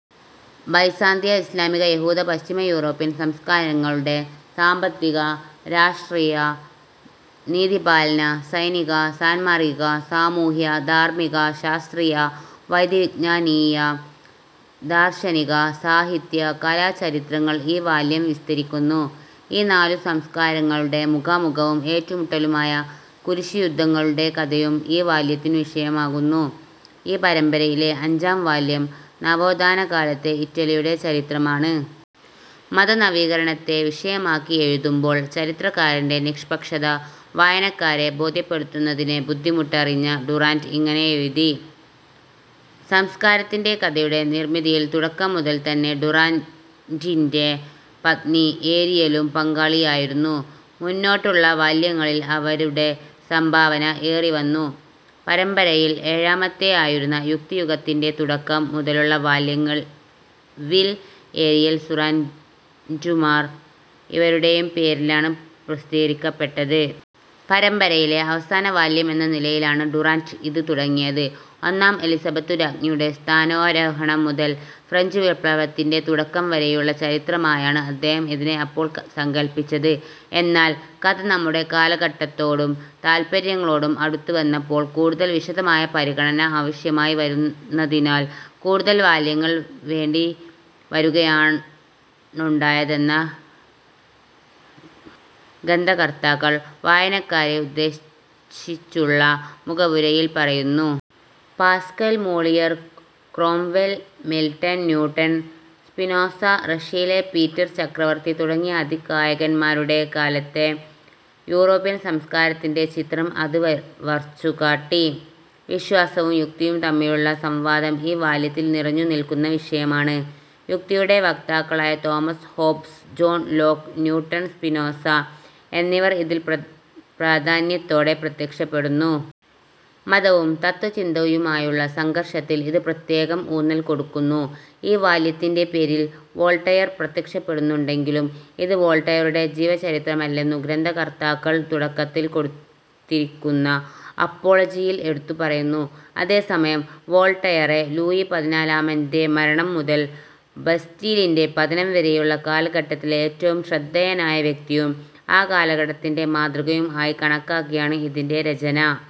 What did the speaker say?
ബൈസാന്തിയ, ഇസ്ലാമിക, യഹൂദ, പശ്ചിമയൂറോപ്യൻ സംസ്കാരങ്ങളുടെ സാമ്പത്തിക, രാഷ്ട്രീയ, നീതിപാലന, സൈനിക, സാന്മാർഗ്ഗിക, സാമൂഹ്യ, ധാർമ്മിക, ശാസ്ത്രീയ, വൈദ്യവിജ്ഞാനീയ, ദാർശനിക, സാഹിത്യ, കലാ ചരിത്രങ്ങൾ ഈ വാല്യം വിസ്തരിക്കുന്നു. ഈ നാലു സംസ്കാരങ്ങളുടെ മുഖാമുഖവും ഏറ്റുമുട്ടലുമായ കുരിശുയുദ്ധങ്ങളുടെ കഥയും ഈ വാല്യത്തിനു വിഷയമാകുന്നു. ഈ പരമ്പരയിലെ അഞ്ചാം വാല്യം നവോത്ഥാനകാലത്തെ ഇറ്റലിയുടെ ചരിത്രമാണ്. മതനവീകരണത്തെ വിഷയമാക്കി എഴുതുമ്പോൾ ചരിത്രകാരന്റെ നിഷ്പക്ഷത വായനക്കാരെ ബോദ്ധ്യപ്പെടുത്തുന്നതിലെ ബുദ്ധിമുട്ട് അറിഞ്ഞ ഡുറാന്റ് ഇങ്ങനെ എഴുതി:- സംസ്കാരത്തിന്റെ കഥയുടെ നിർമ്മിതിയിൽ തുടക്കം മുതൽ തന്നെ ഡുറാന്റിന്റെ പത്നി ഏരിയലും പങ്കാളിയായിരുന്നു. മുന്നോട്ടുള്ള വാല്യങ്ങളിൽ അവരുടെ സംഭാവന ഏറി വന്നു. പരമ്പരയിൽ ഏഴാമത്തേതായിരുന്ന "യുക്തിയുഗത്തിന്റെ തുടക്കം" മുതലുള്ള വാല്യങ്ങൾ വിൽ, ഏരിയൽ ഡുറാന്റുമാർ ഇരുവരുടേയും പേരിലാണ് പ്രസിദ്ധീകരിക്കപ്പെട്ടത്. പരമ്പരയിലെ അവസാനവാല്യമെന്ന നിലയിലാണ് ഡുറാന്റ് ഇത് തുടങ്ങിയത്. ഒന്നാം എലിസബത്തു രാജ്ഞിയുടെ സ്ഥാനാരോഹണം മുതൽ ഫ്രഞ്ചു വിപ്ലവത്തിന്റെ തുടക്കം വരെയുള്ള ചരിത്രമായാണ് അദ്ദേഹം ഇതിനെ അപ്പോൾ സങ്കല്പിച്ചത്. എന്നാൽ കഥ നമ്മുടെ കാലഘട്ടത്തോടും താത്പര്യങ്ങളോടും അടുത്തു വന്നപ്പോൾ, കൂടുതൽ വിശദമായ പരിഗണന ആവശ്യമായി വന്നതിനാൽ കൂടുതൽ വാല്യങ്ങൾ വേണ്ടി വരുകയാണുണ്ടായതെന്ന ഗന്ഥകർത്താക്കൾ "വായനക്കാരനെ" ഉദ്ദേശിച്ചുള്ള മുഖവുരയിൽ പറയുന്നു. Pascal, Moliere, Cromwell, Milton, Newton, Spinoza, റഷ്യയിലെ പീറ്റർ ചക്രവർത്തി തുടങ്ങിയ അതികായന്മാരുടെ കാലത്തെ യൂറോപ്യൻ സംസ്കാരത്തിന്റെ ചിത്രം അത് വർച്ചുകാട്ടി. വിശ്വാസവും യുക്തിയും തമ്മിലുള്ള സംവാദം ഈ വാല്യത്തിൽ നിറഞ്ഞു നിൽക്കുന്ന വിഷയമാണ്. യുക്തിയുടെ വക്താക്കളായ Thomas Hobbes, John Locke, Newton, Spinoza എന്നിവർ ഇതിൽ പ്രാധാന്യത്തോടെ പ്രത്യക്ഷപ്പെടുന്നു. മതവും തത്ത്വചിന്തയുമായുള്ള സംഘർഷത്തിൽ ഇത് പ്രത്യേകം ഊന്നൽ കൊടുക്കുന്നു. ഈ വാല്യത്തിന്റെ പേരിൽ വോൾട്ടയർ പ്രത്യക്ഷപ്പെടുന്നുണ്ടെങ്കിലും, ഇത് വോൾട്ടയറുടെ ജീവചരിത്രമല്ലെന്നു ഗ്രന്ഥകർത്താക്കൾ തുടക്കത്തിൽ കൊടുത്തിരിക്കുന്ന "അപ്പോളജി"-യിൽ എടുത്തു പറയുന്നു. അതേസമയം വോൾട്ടയറെ, ലൂയി പതിനാലാമന്റെ മരണം മുതൽ ബസ്റ്റീലിന്റെ പതനം വരെയുള്ള കാലഘട്ടത്തിലെ ഏറ്റവും ശ്രദ്ധേയനായ വ്യക്തിയും ആ കാലഘട്ടത്തിന്റെ മാതൃകയും ആയി കണക്കാക്കിയാണ് ഇതിന്റെ രചന.